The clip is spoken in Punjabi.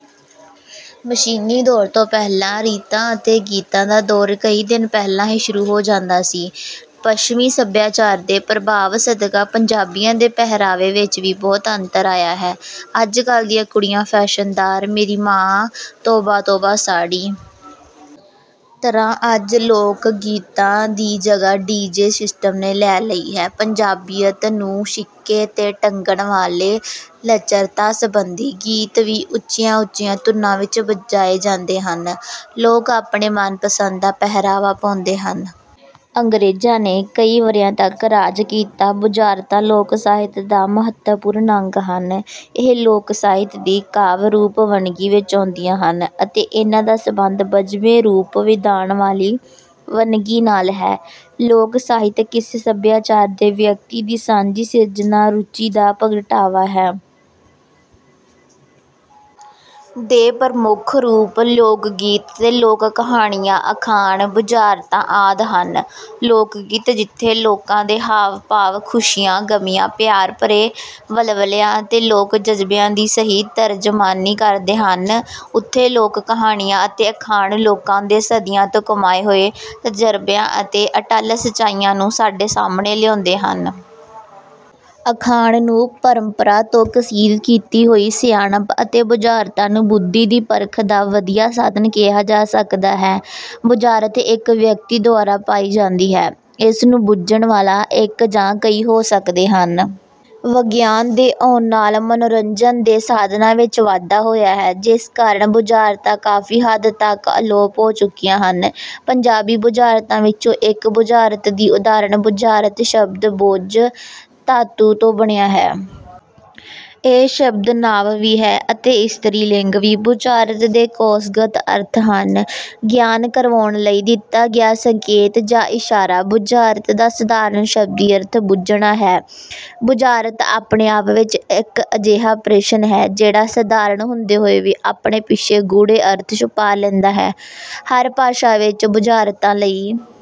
ਮਸ਼ੀਨੀ ਦੌਰ ਤੋਂ ਪਹਿਲਾਂ ਰੀਤਾਂ ਅਤੇ ਗੀਤਾਂ ਦਾ ਦੌਰ ਕਈ ਦਿਨ ਪਹਿਲਾਂ ਹੀ ਸ਼ੁਰੂ ਹੋ ਜਾਂਦਾ ਸੀ। ਪੱਛਮੀ ਸਭਿਆਚਾਰ ਦੇ ਪ੍ਰਭਾਵ ਸਦਕਾ ਪੰਜਾਬੀਆਂ ਦੇ ਪਹਿਰਾਵੇ ਵਿੱਚ ਵੀ ਬਹੁਤ ਅੰਤਰ ਆਇਆ ਹੈ। ਅੱਜਕੱਲ੍ਹ ਦੀਆਂ ਕੁੜੀਆਂ ਫੈਸ਼ਨਦਾਰ, ਮੇਰੀ ਮਾਂ ਤੋਬਾ-ਤੋਬਾ। ਸਾੜੀ ਤਰ੍ਹਾਂ ਅੱਜ ਲੋਕ-ਗੀਤਾਂ ਦੀ ਜਗ੍ਹਾ ਡੀ. ਜੇ. ਸਿਸਟਮ ਨੇ ਲੈ ਲਈ ਹੈ। ਪੰਜਾਬੀਅਤ ਨੂੰ ਛਿੱਕੇ ’ਤੇ ਟੰਗਣ ਵਾਲੇ ਲੱਚਰਤਾ-ਸੰਬੰਧੀ ਗੀਤ ਵੀ ਉੱਚੀਆਂ-ਉੱਚੀਆਂ ਧੁਨਾਂ ਵਿੱਚ ਬਜਾਏ ਜਾਂਦੇ ਹਨ। ਲੋਕ ਆਪਣੇ ਮਨਪਸੰਦ ਦਾ ਪਹਿਰਾਵਾ ਪਾਉਂਦੇ ਹਨ। ਅੰਗਰੇਜ਼ਾਂ ਨੇ ਕਈ ਵਰ੍ਹਿਆਂ ਤੱਕ ਰਾਜ ਕੀਤਾ। ਬੁਝਾਰਤਾਂ ਲੋਕ-ਸਾਹਿਤ ਦਾ ਮਹੱਤਵਪੂਰਨ ਅੰਗ ਹਨ। ਇਹ ਲੋਕ-ਸਾਹਿਤ ਦੀ ਕਾਵਿ-ਰੂਪ ਵੰਨਗੀ ਵਿੱਚ ਆਉਂਦੀਆਂ ਹਨ ਅਤੇ ਇਨ੍ਹਾਂ ਦਾ ਸੰਬੰਧ ਬੱਝਵੇਂ ਰੂਪ-ਵਿਧਾਨ ਵਾਲੀ ਵੰਨਗੀ ਨਾਲ ਹੈ। ਲੋਕ-ਸਾਹਿਤ ਕਿਸੇ ਸਭਿਆਚਾਰ ਦੇ ਵਿਅਕਤੀਆਂ ਦੀ ਸਾਂਝੀ ਸਿਰਜਣਾ-ਰੁਚੀ ਦਾ ਪ੍ਰਗਟਾਵਾ ਹੈ। ਦੇ ਪ੍ਰਮੁੱਖ ਰੂਪ ਲੋਕ-ਗੀਤ, ਲੋਕ-ਕਹਾਣੀਆਂ, ਅਖਾਣ, ਬੁਝਾਰਤਾਂ ਆਦਿ ਹਨ। ਲੋਕ-ਗੀਤ ਜਿੱਥੇ ਲੋਕਾਂ ਦੇ ਹਾਵ-ਭਾਵ, ਖੁਸ਼ੀਆਂ-ਗ਼ਮੀਆਂ, ਪਿਆਰ-ਭਰੇ ਵਲਵਲਿਆਂ ਅਤੇ ਲੋਕ-ਜਜ਼ਬਿਆਂ ਦੀ ਸਹੀ ਤਰਜਮਾਨੀ ਕਰਦੇ ਹਨ, ਉੱਥੇ ਲੋਕ-ਕਹਾਣੀਆਂ ਅਤੇ ਅਖਾਣ ਲੋਕਾਂ ਦੇ ਸਦੀਆਂ ਤੋਂ ਕਮਾਏ ਹੋਏ ਤਜ਼ਰਬਿਆਂ ਅਤੇ ਅਟੱਲ ਸੱਚਾਈਆਂ ਨੂੰ ਸਾਡੇ ਸਾਹਮਣੇ ਲਿਆਉਂਦੇ ਹਨ। ਅਖਾਣ ਨੂੰ ਪਰੰਪਰਾ ਤੋਂ ਕਸ਼ੀਦ ਕੀਤੀ ਹੋਈ ਸਿਆਣਪ ਅਤੇ ਬੁਝਾਰਤਾਂ ਨੂੰ ਬੁੱਧੀ ਦੀ ਪਰਖ ਦਾ ਵਧੀਆ ਸਾਧਨ ਕਿਹਾ ਜਾ ਸਕਦਾ ਹੈ। ਬੁਝਾਰਤ ਇੱਕ ਵਿਅਕਤੀ ਦੁਆਰਾ ਪਾਈ ਜਾਂਦੀ ਹੈ। ਇਸ ਨੂੰ ਬੁੱਝਣ ਵਾਲਾ ਇੱਕ ਜਾਂ ਕਈ ਹੋ ਸਕਦੇ ਹਨ। ਵਿਗਿਆਨ ਦੇ ਆਉਣ ਨਾਲ ਮਨੋਰੰਜਨ ਦੇ ਸਾਧਨਾਂ ਵਿੱਚ ਵਾਧਾ ਹੋਇਆ ਹੈ, ਜਿਸ ਕਾਰਨ ਬੁਝਾਰਤਾਂ ਕਾਫ਼ੀ ਹੱਦ ਤੱਕ ਅਲੋਪ ਹੋ ਚੁੱਕੀਆਂ ਹਨ। ਪੰਜਾਬੀ ਬੁਝਾਰਤਾਂ ਵਿੱਚੋਂ ਇੱਕ ਬੁਝਾਰਤ ਦੀ ਉਦਾਹਰਨ“ਬੁਝਾਰਤ” ਸ਼ਬਦ ‘ਬੁੱਝ’ ਧਾਤੂ ਤੋਂ ਬਣਿਆ ਹੈ। ਇਹ ਸ਼ਬਦ ਨਾਂਵ ਵੀ ਹੈ ਅਤੇ ਇਸਤਰੀ ਲਿੰਗ ਵੀ। ਬੁਝਾਰਤ ਦੇ ਕੋਸ਼ਗਤ ਅਰਥ ਹਨ—“ਗਿਆਨ ਕਰਾਵਾਉਣ ਲਈ ਦਿੱਤਾ ਗਿਆ ਸੰਕੇਤ ਜਾਂ ਇਸ਼ਾਰਾ।” ਬੁਝਾਰਤ ਦਾ ਸਾਧਾਰਣ ਸ਼ਬਦੀ ਅਰਥ ‘ਬੁੱਝਣਾ’ ਹੈ। ਬੁਝਾਰਤ ਆਪਣੇ ਆਪ ਵਿੱਚ ਇੱਕ ਅਜਿਹਾ ਪ੍ਰਸ਼ਨ ਹੈ, ਜਿਹੜਾ ਸਧਾਰਨ ਹੁੰਦੇ ਹੋਏ ਵੀ ਆਪਣੇ ਪਿੱਛੇ ਗੂੜ੍ਹੇ ਅਰਥ ਛੁਪਾ ਲੈਂਦਾ ਹੈ। ਹਰ ਭਾਸ਼ਾ ਵਿੱਚ ਬੁਝਾਰਤਾਂ ਲਈ…